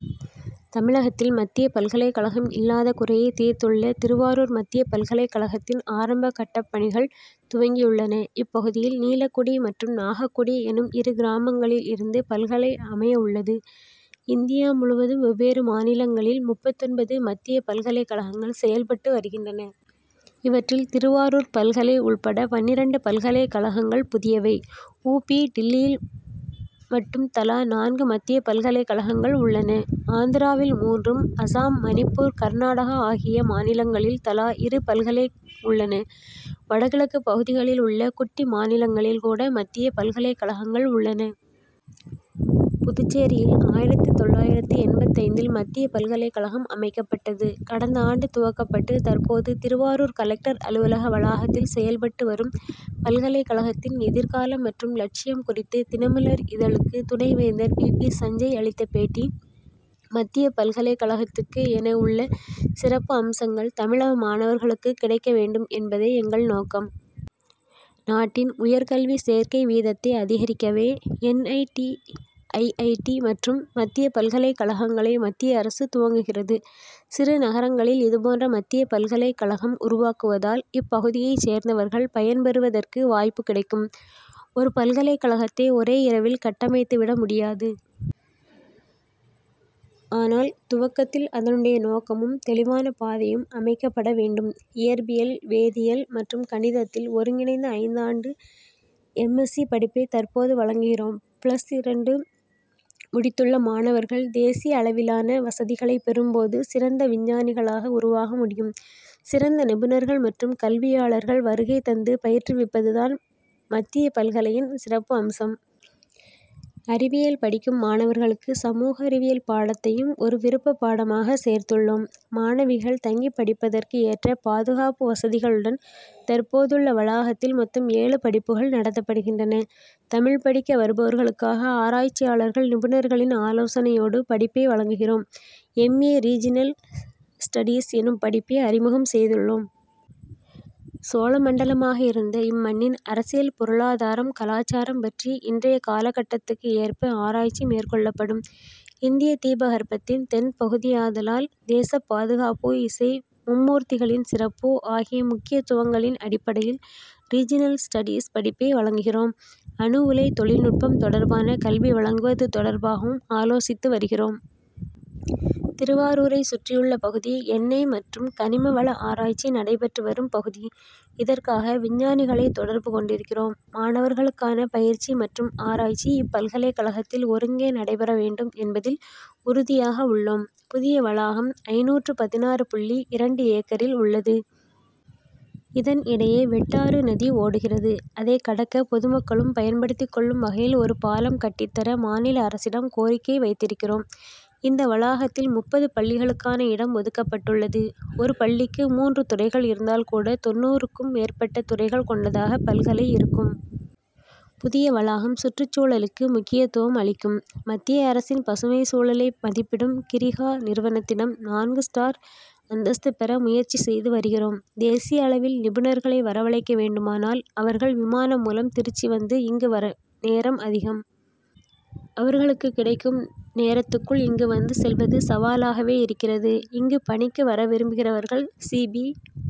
தமிழகத்தில் மத்திய பல்கலைக்கழகம் இல்லாத குறையை தீர்த்துள்ள திருவாரூர் மத்திய பல்கலைக்கழகத்தின் ஆரம்ப கட்டப் பணிகள் துவங்கியுள்ளன. இப்பகுதியில் நீலக்குடி மற்றும் நாகக்குடி எனும் இரு கிராமங்களில் இருந்து பல்கழை அமைய உள்ளது. இந்தியா முழுவதும் வெவ்வேறு மாநிலங்களில் முப்பத்தொன்பது மத்திய பல்கலைக்கழகங்கள் செயல்பட்டு வருகின்றன. இவற்றில் திருவாரூர் பல்கலை உள்பட பன்னிரண்டு பல்கலைக்கழகங்கள் புதியவை. உ. பி. டில்லியில் மட்டும் தலா நான்கு மத்திய பல்கலைக்கழகங்கள் உள்ளன. ஆந்திராவில் மூன்றும் அசாம் மணிப்பூர் கர்நாடகா ஆகிய மாநிலங்களில் தலா இரு பல்கலை உள்ளன. வடகிழக்குப் பகுதிகளில் உள்ள குட்டி மாநிலங்களில் கூட மத்திய பல்கலைக்கழகங்கள் உள்ளன. புதுச்சேரியில் ஆயிரத்து தொள்ளாயிரத்து எண்பத்தைந்தில் மத்திய பல்கலைக்கழகம் அமைக்கப்பட்டது. கடந்த ஆண்டு துவக்கப்பட்டு தற்போது திருவாரூர் கலெக்டர் அலுவலக வளாகத்தில் செயல்பட்டு வரும் பல்கலைக்கழகத்தின் எதிர்காலம் மற்றும் லட்சியம் குறித்து தினமலர் இதழுக்கு துணைவேந்தர் பி. பி. சஞ்சய் அளித்த பேட்டி மத்தியப் பல்கலைக்கழகத்துக்கு என உள்ள சிறப்பு அம்சங்கள் தமிழக மாணவர்களுக்குக் கிடைக்க வேண்டும் என்பதே எங்கள் நோக்கம். நாட்டின் உயர்கல்வி சேர்க்கை வீதத்தை அதிகரிக்கவே N. I. T. I. I. T. மற்றும் மத்தியப் பல்கலைக்கழகங்களை மத்திய அரசு துவக்குகிறது. சிறு நகரங்களில் இதுபோன்ற மத்தியப் பல்கலைக்கழகம் உருவாக்குவதால் இப்பகுதியைச் சேர்ந்தவர்கள் பயன் பெறுவதற்கு வாய்ப்பு கிடைக்கும். ஒரு பல்கலைக்கழகத்தை ஒரே இரவில் கட்டமைத்துவிட முடியாது. ஆனால் துவக்கத்தில் அதனுடைய நோக்கமும் தெளிவான பாதையும் அமைக்கப்பட வேண்டும். இயற்பியல் வேதியியல் மற்றும் கணிதத்தில் ஒருங்கிணைந்த ஐந்தாண்டு எம். எஸ்சி. படிப்பை தற்போது வழங்குகிறோம். பிளஸ் இரண்டு முடித்துள்ள மாணவர்கள் தேசிய அளவிலான வசதிகளை பெறும் போது சிறந்த விஞ்ஞானிகளாக உருவாக முடியும். சிறந்த நிபுணர்கள் மற்றும் கல்வியாளர்கள் வருகை தந்து பயிற்றுவிப்பதுதான் மத்திய பல்கலையின் சிறப்பு அம்சம். அறிவியல் படிக்கும் மாணவர்களுக்கு சமூக அறிவியல் பாடத்தையும் ஒரு விருப்பப் பாடமாக சேர்த்துள்ளோம். மாணவிகள் தங்கி படிப்பதற்கு ஏற்ற பாதுகாப்பு வசதிகளுடன் தற்போதுள்ள வளாகத்தில் மொத்தம் ஏழு படிப்புகள் நடத்தப்படுகின்றன. தமிழ்ப் படிக்க வருபவர்களுக்காக ஆராய்ச்சியாளர்கள் நிபுணர்களின் ஆலோசனையோடு படிப்பை வழங்குகிறோம். எம். ஏ. ரீஜினல் ஸ்டடீஸ் எனும் படிப்பை அறிமுகம் செய்துள்ளோம். சோழ மண்டலமாக இருந்த இம்மண்ணின் அரசியல் பொருளாதாரம் கலாசாரம் பற்றி இன்றைய காலகட்டத்துக்கு ஏற்ப ஆராய்ச்சி மேற்கொள்ளப்படும். இந்திய தீபகற்பத்தின் தென் பகுதியாதலால் தேசப் பாதுகாப்பு இசை மும் மூர்த்திகளின் சிறப்பு ஆகிய முக்கியத்துவங்களின் அடிப்படையில் ரீஜினல் ஸ்டடீஸ் படிப்பை வழங்குகிறோம். அணு உலை தொழில்நுட்பம் தொடர்பான கல்வி வழங்குவது தொடர்பாகவும் ஆலோசித்து வருகிறோம். திருவாரூரைச் சுற்றியுள்ள பகுதி எண்ணெய் மற்றும் கனிம வள ஆராய்ச்சி நடைபெற்று வரும் பகுதி. இதற்காக விஞ்ஞானிகளை தொடர்பு கொண்டிருக்கிறோம். மாணவர்களுக்கான பயிற்சி மற்றும் ஆராய்ச்சி இப்பல்கலைக்கழகத்தில் ஒருங்கே நடைபெற வேண்டும் என்பதில் உறுதியாக உள்ளோம். புதிய வளாகம் ஐநூற்று பதினாறு புள்ளி இரண்டு ஏக்கரில் உள்ளது. இதன் இடையே வெட்டாறு நதி ஓடுகிறது. அதைக்கடக்க பொதுமக்களும் பயன்படுத்திக் கொள்ளும் வகையில் ஒரு பாலம் கட்டித்தர மாநில அரசிடம் கோரிக்கை வைத்திருக்கிறோம். இந்த வளாகத்தில் முப்பது பள்ளிகளுக்கான இடம் ஒதுக்கப்பட்டுள்ளது. ஒரு பள்ளிக்கு மூன்று துறைகள் இருந்தால் கூட தொண்ணூறுக்கும் மேற்பட்ட துறைகள் கொண்டதாக பல்கலை இருக்கும். புதிய வளாகம் சுற்றுச்சூழலுக்கு முக்கியத்துவம் அளிக்கும். மத்திய அரசின் பசுமைச் சூழலை மதிப்பிடும் கிரிஹா நிறுவனத்திடம் நான்கு ஸ்டார் அந்தஸ்து பெற முயற்சி செய்து வருகிறோம். தேசிய அளவில் நிபுணர்களை வரவழைக்க வேண்டுமானால் அவர்கள் விமானம் மூலம் திருச்சி வந்து இங்கு வர நேரம் அதிகம். அவர்களுக்கு கிடைக்கும் நேரத்துக்குள் இங்கு வந்து செல்வது சவாலாகவே இருக்கிறது. இங்கு பணிக்கு வரவிரும்புகிறவர்கள் சி. பி.